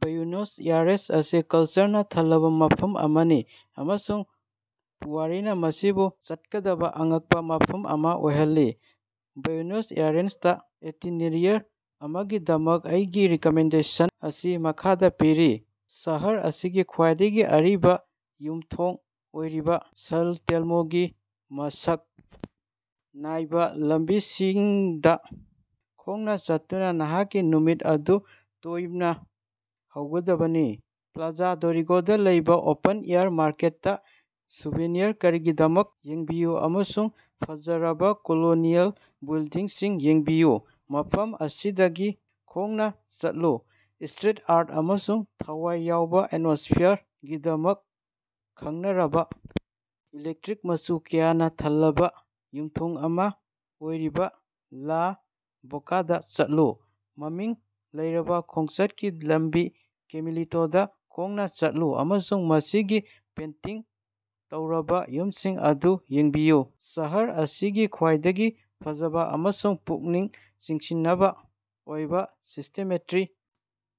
Buenos Aires ꯑꯁꯤ ꯀꯜꯆꯔꯅꯥ ꯊꯜꯂꯕꯥ ꯃꯐꯝ ꯑꯃꯅꯤ, ꯑꯃꯁꯨꯡ ꯄꯨꯋꯥꯔꯤꯅꯥ ꯃꯁꯤꯕꯨ ꯆꯠꯀꯗꯕꯥ ꯑꯉꯛꯄꯥ ꯃꯐꯝ ꯑꯃꯥ ꯑꯣꯏꯍꯜꯂꯤ꯫ ꯕ꯭ꯌꯨꯅꯣꯁ ꯑꯥꯏꯔꯦꯁꯇꯥ ꯑꯥꯏꯇꯤꯅꯦꯔꯤꯌꯔ ꯑꯃꯒꯤꯗꯃꯛ ꯑꯩꯒꯤ ꯔꯤꯀꯥꯃꯦꯟꯗꯦꯁꯟ ꯑꯁꯤ ꯃꯈꯥꯗꯥ ꯄꯤꯔꯤ: ꯁꯍꯔ ꯑꯁꯤꯒꯤ ꯈ꯭ꯋꯥꯏꯗꯒꯤ ꯑꯔꯤꯕꯥ ꯌꯨꯝꯊꯣꯡ ꯑꯣꯏꯔꯤꯕꯥ ꯁꯥꯟ ꯇꯦꯜꯃꯣꯒꯤ ꯃꯁꯛ ꯅꯥꯏꯕꯥ ꯂꯝꯕꯤꯁꯤꯡꯗꯥ ꯈꯣꯡꯅꯥ ꯆꯠꯇꯨꯅꯥ ꯅꯍꯥꯛꯀꯤ ꯅꯨꯃꯤꯠ ꯑꯗꯨ ꯇꯣꯢꯅꯥ ꯍꯧꯒꯗꯕꯅꯤ꯫ ꯄ꯭ꯂꯥꯖꯥ ꯗꯣꯔꯦꯒꯣꯗꯥ ꯂꯩꯕꯥ ꯑꯣꯄꯟ-ꯑꯦꯌꯔ ꯃꯥꯔꯀꯦꯠꯇꯥ ꯁꯣꯚꯦꯅꯤꯌꯔ ꯈꯔꯒꯤꯗꯃꯛ ꯌꯦꯡꯕꯤꯌꯨ ꯑꯃꯁꯨꯡ ꯐꯖꯔꯕꯥ ꯀꯣꯂꯣꯅꯤꯑꯦꯜ ꯕꯤꯜꯗꯤꯡꯁꯤꯡ ꯌꯦꯡꯕꯤꯌꯨ꯫ ꯃꯐꯝ ꯑꯗꯨꯗꯒꯤ ꯈꯣꯡꯅꯥ ꯆꯠꯂꯨ, ꯁꯇ꯭ꯔꯤꯠ ꯑꯥꯔꯠ ꯑꯃꯁꯨꯡ ꯊꯋꯥꯏ ꯌꯥꯎꯕꯥ ꯑꯦꯠꯃꯣꯁꯐꯤꯌꯥꯔꯒꯤꯗꯃꯛ ꯈꯪꯅꯔꯕꯥ ꯏꯂꯦꯛꯇꯤꯕ, ꯃꯆꯨ ꯀꯌꯥꯅꯥ ꯊꯜꯂꯕꯥ ꯌꯨꯃꯊꯣꯡ ꯑꯃꯥ ꯑꯣꯏꯔꯤꯕꯥ ꯂꯥ ꯕꯣꯀꯥꯗꯥ ꯆꯠꯂꯨ꯫ ꯃꯃꯤꯡ ꯂꯩꯔꯕꯥ ꯈꯣꯡꯆꯠꯀꯤ ꯂꯝꯕꯤ ꯀꯦꯃꯤꯅꯤꯇꯣꯗꯥ ꯈꯣꯡꯅꯥ ꯆꯠꯂꯨ ꯑꯃꯁꯨꯡ ꯃꯁꯤꯒꯤ ꯄꯦꯟꯇꯤꯡ ꯇꯧꯔꯕꯥ ꯌꯨꯝꯁꯤꯡ ꯑꯗꯨ ꯌꯦꯡꯕꯤꯌꯨ꯫ ꯁꯍꯔ ꯑꯁꯤꯒꯤ ꯈ꯭ꯋꯥꯏꯗꯒꯤ ꯐꯖꯕꯥ ꯑꯃꯁꯨꯡ ꯄꯨꯛꯅꯤꯡ ꯆꯤꯡꯁꯤꯟꯅꯤꯡꯉꯥꯏ ꯑꯣꯏꯕꯥ ꯁꯤꯃꯦꯇ꯭ꯔꯤ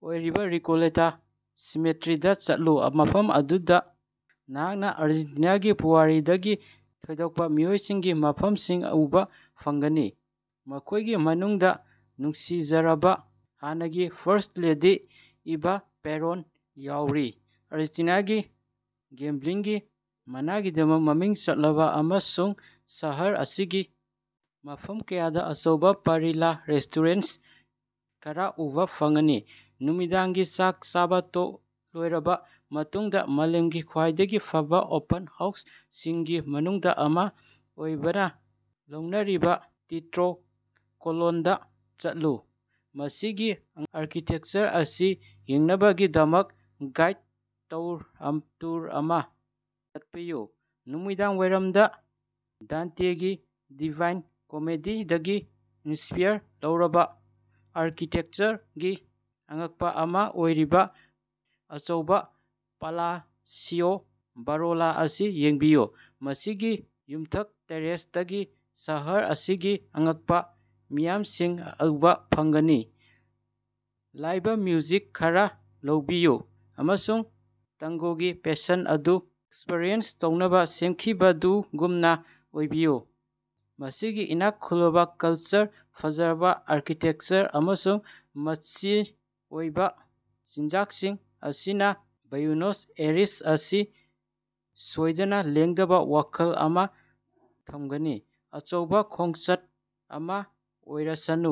ꯑꯣꯏꯔꯤꯕꯥ ꯔꯦꯀꯣꯜꯇꯥ ꯁꯤꯃꯦꯇ꯭ꯔꯤꯗꯥ ꯆꯠꯂꯨ, ꯃꯐꯝ ꯑꯗꯨꯗꯥ ꯅꯍꯥꯛꯅꯥ ꯑꯔꯖꯦꯟꯇꯤꯅꯥꯒꯤ ꯄꯨꯋꯥꯔꯤꯗꯒꯤ ꯊꯣꯏꯗꯣꯛꯄꯥ ꯃꯤꯑꯣꯏ ꯀꯌꯥꯒꯤ ꯃꯐꯝꯁꯤꯡ ꯎꯕꯥ ꯐꯪꯒꯅꯤ, ꯃꯈꯣꯢꯒꯤ ꯃꯅꯨꯡꯗꯥ ꯅꯨꯡꯁꯤꯖꯔꯕꯥ ꯍꯥꯟꯅꯒꯤ ꯐꯥꯔꯁ꯭ꯠ ꯂꯦꯗꯤ ꯏꯚꯥ ꯄꯦꯔꯣꯟ ꯌꯥꯑꯣꯔꯤ꯫ ꯑꯔꯖꯦꯟꯇꯤꯅꯥ ꯑꯁꯤ ꯒꯝꯒꯤ ꯃꯅꯥꯒꯤꯗꯃꯛ ꯃꯃꯤꯡ ꯆꯠꯂꯤ ꯑꯃꯁꯨꯡ ꯁꯍꯔ ꯑꯁꯤꯒꯤ ꯃꯐꯝ ꯀꯌꯥꯗꯥ ꯑꯆꯧꯕꯥ ꯄꯥꯔꯤꯂꯥ ꯔꯦꯁꯇꯣꯔꯦꯟꯇ ꯈꯔꯥ ꯎꯕꯥ ꯐꯪꯒꯅꯤ꯫ ꯅꯨꯃꯤꯗꯥꯡꯒꯤ ꯆꯥꯛ ꯆꯥꯕꯥ ꯇꯣꯛ ꯂꯣꯏꯔꯕꯥ ꯃꯇꯨꯡꯗꯥ ꯃꯥꯂꯦꯝꯒꯤ ꯈ꯭ꯋꯥꯏꯗꯒꯤ ꯐꯕꯥ ꯑꯣꯄꯦꯔꯥ ꯍꯥꯎꯁꯁꯤꯡꯒꯤ ꯃꯅꯨꯡꯗꯥ ꯑꯃꯅꯤ ꯍꯥꯢꯅꯥ ꯂꯧꯅꯔꯤꯕꯥ ꯇꯤꯑꯦꯠꯔꯣ ꯀꯣꯂꯣꯟꯗꯥ ꯆꯠꯂꯨ꯫ ꯃꯁꯤꯒꯤ ꯑꯉꯛꯄꯥ ꯑꯥꯔꯀꯤꯇꯦꯛꯆꯔ ꯑꯁꯤ ꯌꯦꯡꯅꯕꯒꯤꯗꯃꯛ ꯒꯥꯏꯗ ꯇꯨꯔ ꯑꯃꯥ ꯆꯠꯄꯤꯌꯨ꯫ ꯅꯨꯃꯤꯗꯥꯡꯋꯥꯏꯔꯝꯗꯥ, ꯗꯥꯟꯇꯦꯒꯤ ꯗꯤꯚꯥꯏꯟ ꯀꯃꯦꯗꯤꯗꯒꯤ ꯏꯟꯁꯄꯥꯏꯔ ꯇꯧꯕꯥ ꯑꯥꯔꯀꯤꯇꯦꯛꯆꯔꯒꯤ ꯑꯉꯛꯄꯥ ꯑꯃꯥ ꯑꯣꯏꯔꯤꯕꯥ ꯑꯆꯧꯕꯥ ꯄꯥꯂꯥꯁꯤꯑꯣ ꯕꯥꯔꯣꯂꯣ ꯑꯁꯤ ꯌꯦꯡꯕꯤꯌꯨ, ꯃꯁꯤꯒꯤ ꯌꯨꯝꯊꯛ ꯇꯦꯔꯦꯁꯇꯒꯤ ꯁꯍꯔ ꯑꯁꯤꯒꯤ ꯑꯉꯛꯄꯥ ꯃꯤꯠꯌꯦꯡꯁꯤꯡ ꯎꯕꯥ ꯐꯪꯒꯅꯤ꯫ ꯂꯥꯏꯕ ꯃ꯭ꯌꯨꯖꯤꯛ ꯈꯔꯥ ꯂꯧꯕꯤꯌꯨ ꯑꯃꯁꯨꯡ ꯇꯪꯒꯣꯒꯤ ꯄ꯭ꯌꯥꯁꯟ ꯑꯗꯨ ꯑꯦꯛꯁꯄ꯭ꯔꯤꯌꯦꯟꯁ ꯇꯧꯅꯕꯥ ꯁꯦꯝꯈꯤꯕꯥ ꯑꯗꯨꯒꯨꯝꯅꯥ ꯑꯣꯏꯕꯤꯌꯨ꯫ ꯃꯁꯤꯒꯤ ꯏꯅꯥꯛ ꯈꯨꯜꯂꯕꯥ ꯀꯜꯆꯔ, ꯐꯖꯔꯕꯥ ꯑꯥꯔꯀꯤꯇꯦꯛꯆꯔ ꯑꯃꯁꯨꯡ ꯃꯆꯤ ꯑꯣꯏꯕꯥ ꯆꯤꯟꯖꯥꯛꯁꯤꯡ ꯑꯁꯤꯅꯥ ꯕ꯭ꯌꯨꯅꯣꯁ ꯑꯥꯏꯔꯦꯁ ꯑꯁꯤꯅꯥ ꯁꯣꯏꯗꯅꯥ ꯂꯦꯡꯗꯕꯥ ꯋꯥꯈꯜꯂꯣꯟ ꯑꯃꯥ ꯊꯝꯒꯅꯤ꯫ ꯑꯆꯧꯕꯥ ꯈꯣꯡꯆꯠ ꯑꯃꯥ ꯑꯣꯏꯔꯁꯅꯨ꯫